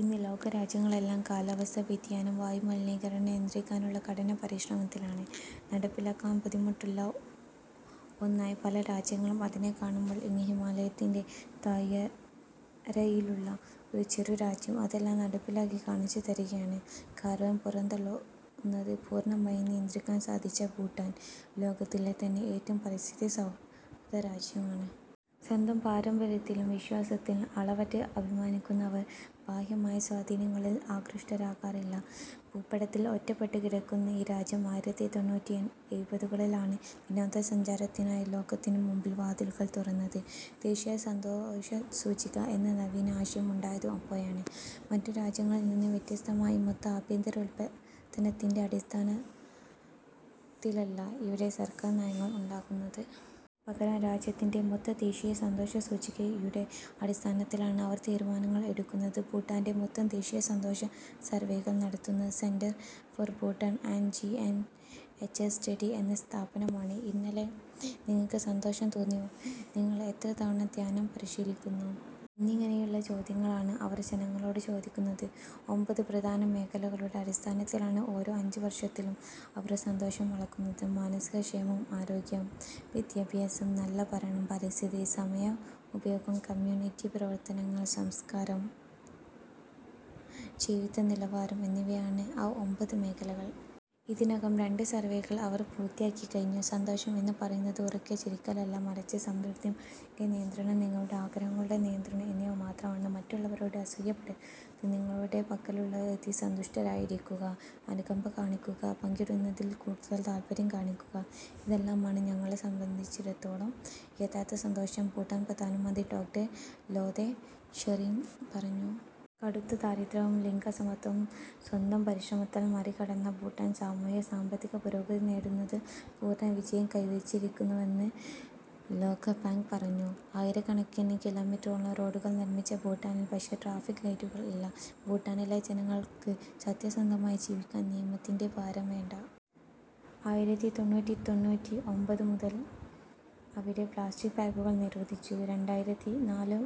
ഇന്ന് ലോക രാജ്യങ്ങളെല്ലാം കാലാവസ്ഥാ വ്യതിയാനവും വായു മലിനീകരണവും നിയന്ത്രിക്കാനുള്ള കഠിന പരിശ്രമത്തിലാണ്. നടപ്പിലാക്കാൻ ബുദ്ധിമുട്ടുള്ള ഒന്നായി പല രാജ്യങ്ങളും അതിനെ കാണുമ്പോൾ ഇങ്ങ് ഹിമാലയത്തിൻ്റെ താഴ്വരയിലുള്ള ഒരു ചെറു രാജ്യം അതെല്ലാം നടപ്പിലാക്കി കാണിച്ചു തരികയാണ്. കാർബൺ പുറന്തള്ളുന്നത് പൂർണ്ണമായും നിയന്ത്രിക്കാൻ സാധിച്ച ഭൂട്ടാൻ, ലോകത്തിലെ തന്നെ ഏറ്റവും പരിസ്ഥിതി സൗഹൃദ രാജ്യമാണ്. സ്വന്തം പാരമ്പര്യത്തിലും വിശ്വാസത്തിലും അളവറ്റ് അഭിമാനിക്കുന്ന അവർ ബാഹ്യമായ സ്വാധീനങ്ങളിൽ ആകൃഷ്ടരാകാറില്ല. ഭൂപടത്തിൽ ഒറ്റപ്പെട്ടു കിടക്കുന്ന ഈ രാജ്യം ആയിരത്തി തൊണ്ണൂറ്റി എഴുപതുകളിലാണ് വിനോദസഞ്ചാരത്തിനായി ലോകത്തിന് മുമ്പിൽ വാതിലുകൾ തുറന്നത്. 'ദേശീയ സന്തോഷ സൂചിക' എന്ന നവീന ആശയം ഉണ്ടായതും അപ്പോഴാണ്. മറ്റ് രാജ്യങ്ങളിൽ നിന്ന് വ്യത്യസ്തമായി മൊത്ത ആഭ്യന്തര ഉൽപ്പാദനത്തിൻ്റെ അടിസ്ഥാനത്തിലല്ല ഇവിടെ സർക്കാർ നയങ്ങൾ ഉണ്ടാക്കുന്നത്. പകരം രാജ്യത്തിൻ്റെ മൊത്ത ദേശീയ സന്തോഷ സൂചികയുടെ അടിസ്ഥാനത്തിലാണ് അവർ തീരുമാനങ്ങൾ എടുക്കുന്നത്. ഭൂട്ടാൻ്റെ മൊത്തം ദേശീയ സന്തോഷ സർവേകൾ നടത്തുന്നത് centre for Bhutan and G N H studies എന്ന സ്ഥാപനമാണ്. "ഇന്നലെ നിങ്ങൾക്ക് സന്തോഷം തോന്നിയോ? നിങ്ങൾ എത്ര തവണ ധ്യാനം പരിശീലിക്കുന്നു?" എന്നിങ്ങനെയുള്ള ചോദ്യങ്ങളാണ് അവർ ജനങ്ങളോട് ചോദിക്കുന്നത്. ഒമ്പത് പ്രധാന മേഖലകളുടെ അടിസ്ഥാനത്തിലാണ് ഓരോ അഞ്ച് വർഷത്തിലും അവർ സന്തോഷം അളക്കുന്നത്. മാനസിക ക്ഷേമം ആരോഗ്യം, വിദ്യാഭ്യാസം, നല്ല ഭരണം, പരിസ്ഥിതി, സമയ ഉപയോഗം, കമ്മ്യൂണിറ്റി പ്രവർത്തനങ്ങൾ, സംസ്കാരം, ജീവിത നിലവാരം എന്നിവയാണ് ആ ഒമ്പത് മേഖലകൾ. ഇതിനകം രണ്ട് സർവേകൾ അവർ പൂർത്തിയാക്കി കഴിഞ്ഞു. സന്തോഷം എന്ന് പറയുന്നത് ഉറക്കെ ചിരിക്കലല്ല മറിച്ച് സംതൃപ്തി മനസ്സിൻ്റെ നിയന്ത്രണം നിങ്ങളുടെ ആഗ്രഹങ്ങളുടെ നിയന്ത്രണം എന്നിവ മാത്രമാണ്. മറ്റുള്ളവരോട് അസൂയപ്പെടരുത് നിങ്ങളുടെ പക്കലുള്ളതിൽ സന്തുഷ്ടരായിരിക്കുക അനുകമ്പ കാണിക്കുക പങ്കിടുന്നതിൽ കൂടുതൽ താല്പര്യം കാണിക്കുക ഇതെല്ലാമാണ് ഞങ്ങളെ സംബന്ധിച്ചിടത്തോളം യഥാർത്ഥ സന്തോഷം ഭൂട്ടാൻ പ്രധാനമന്ത്രി ഡോക്ടർ ലോതേ ഷെറിംഗ് പറഞ്ഞു. കടുത്ത ദാരിദ്ര്യവും ലിംഗ അസമത്വവും സ്വന്തം പരിശ്രമത്താൽ മറികടന്ന ഭൂട്ടാൻ സാമൂഹ്യ, സാമ്പത്തിക പുരോഗതി നേടുന്നതിൽ പൂർണ്ണ വിജയം കൈവരിച്ചിരിക്കുന്നുവെന്ന് ലോകബാങ്ക് പറഞ്ഞു. ആയിരക്കണക്കിന് കിലോമീറ്ററോളം റോഡുകൾ നിർമ്മിച്ച ഭൂട്ടാനിൽ പക്ഷേ ട്രാഫിക് ലൈറ്റുകൾ ഇല്ല. ഭൂട്ടാനിലെ ജനങ്ങൾക്ക് സത്യസന്ധമായി ജീവിക്കാൻ നിയമത്തിൻ്റെ ഭാരം വേണ്ട. ആയിരത്തി തൊണ്ണൂറ്റി തൊണ്ണൂറ്റി ഒമ്പത് മുതൽ അവിടെ പ്ലാസ്റ്റിക് ബാഗുകൾ നിരോധിച്ചു. രണ്ടായിരത്തി നാല്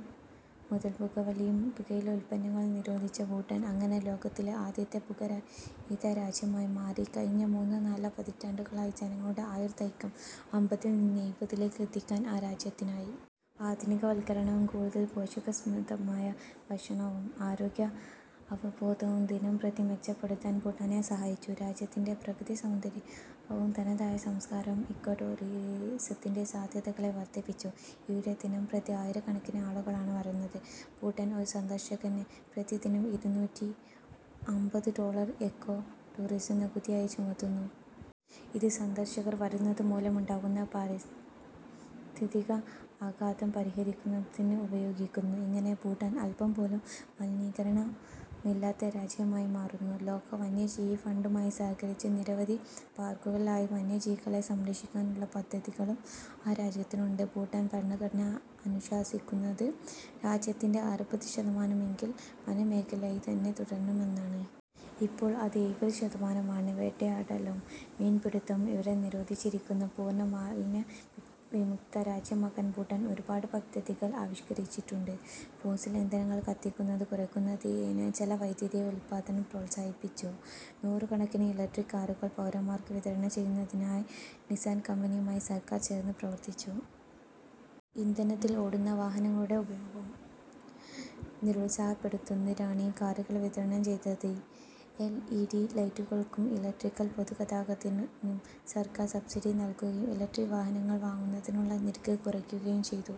മുതൽ പുകവലിയും പുകയില ഉൽപ്പന്നങ്ങളും നിരോധിച്ച ഭൂട്ടാൻ, അങ്ങനെ ലോകത്തിലെ ആദ്യത്തെ പുകരഹിത രാജ്യമായി മാറി. കഴിഞ്ഞ മൂന്നോ നാലോ പതിറ്റാണ്ടുകളായി ജനങ്ങളുടെ ആയുർദൈർഘ്യം അമ്പതിൽ നിന്ന് എഴുപതിലേക്ക് എത്തിക്കാൻ ആ രാജ്യത്തിനായി. ആധുനികവൽക്കരണവും കൂടുതൽ പോഷകസമൃദ്ധമായ ഭക്ഷണവും ആരോഗ്യ അവബോധവും ദിനംപ്രതി മെച്ചപ്പെടുത്താൻ ഭൂട്ടാനെ സഹായിച്ചു. രാജ്യത്തിൻ്റെ പ്രകൃതി സൗന്ദര്യവും തനതായ സംസ്കാരവും ഇക്കോ ടൂറിസത്തിൻ്റെ സാധ്യതകളെ വർദ്ധിപ്പിച്ചു. ഇവിടെ ദിനംപ്രതി ആയിരക്കണക്കിന് ആളുകളാണ് വരുന്നത്. ഭൂട്ടാൻ ഒരു സന്ദർശകന് പ്രതിദിനം ഇരുനൂറ്റി അമ്പത് ഡോളർ ഇക്കോ ടൂറിസം നികുതിയായി ചുമത്തുന്നു. ഇത് സന്ദർശകർ വരുന്നത് മൂലമുണ്ടാകുന്ന പാരിസ്ഥിതിക ആഘാതം പരിഹരിക്കുന്നതിന് ഉപയോഗിക്കുന്നു. ഇങ്ങനെ ഭൂട്ടാൻ അല്പം പോലും മലിനീകരണമില്ലാത്ത രാജ്യമായി മാറുന്നു. ലോക വന്യജീവി ഫണ്ടുമായി സഹകരിച്ച് നിരവധി പാർക്കുകളിലായി വന്യജീവികളെ സംരക്ഷിക്കാനുള്ള പദ്ധതികളും ആ രാജ്യത്തുണ്ട്. ഭൂട്ടാൻ ഭരണഘടന അനുശാസിക്കുന്നത് രാജ്യത്തിൻ്റെ അറുപത് ശതമാനമെങ്കിലും വനമേഖലയായി തന്നെ തുടരണമെന്നാണ്. ഇപ്പോൾ അത് എഴുപത് ശതമാനമാണ്. വേട്ടയാടലും മീൻപിടുത്തവും ഇവിടെ നിരോധിച്ചിരിക്കുന്നു. പൂർണ്ണ മാലിന്യവിമുക്ത രാജ്യമാകാൻ ഭൂട്ടാൻ ഒരുപാട് പദ്ധതികൾ ആവിഷ്കരിച്ചിട്ടുണ്ട്. ഫോസിൽ ഇന്ധനങ്ങൾ കത്തിക്കുന്നത് കുറയ്ക്കുന്നതിനായി ജലവൈദ്യുതിയുടെ ഉൽപ്പാദനം പ്രോത്സാഹിപ്പിച്ചു. നൂറുകണക്കിന് ഇലക്ട്രിക് കാറുകൾ പൗരന്മാർക്ക് വിതരണം ചെയ്യുന്നതിനായി നിസ്സാൻ കമ്പനിയുമായി സർക്കാർ ചേർന്ന് പ്രവർത്തിച്ചു. ഇന്ധനത്തിൽ ഓടുന്ന വാഹനങ്ങളുടെ ഉപയോഗം നിരുത്സാഹപ്പെടുത്തുന്നതിനാണ് ഈ കാറുകൾ വിതരണം ചെയ്തത്. എൽ ഇ ഡി ലൈറ്റുകൾക്കും ഇലക്ട്രിക്കൽ പൊതുഗതാഗതത്തിനും സർക്കാർ സബ്സിഡി നൽകുകയും ഇലക്ട്രിക് വാഹനങ്ങൾ വാങ്ങുന്നതിനുള്ള നിരക്ക് കുറയ്ക്കുകയും ചെയ്തു.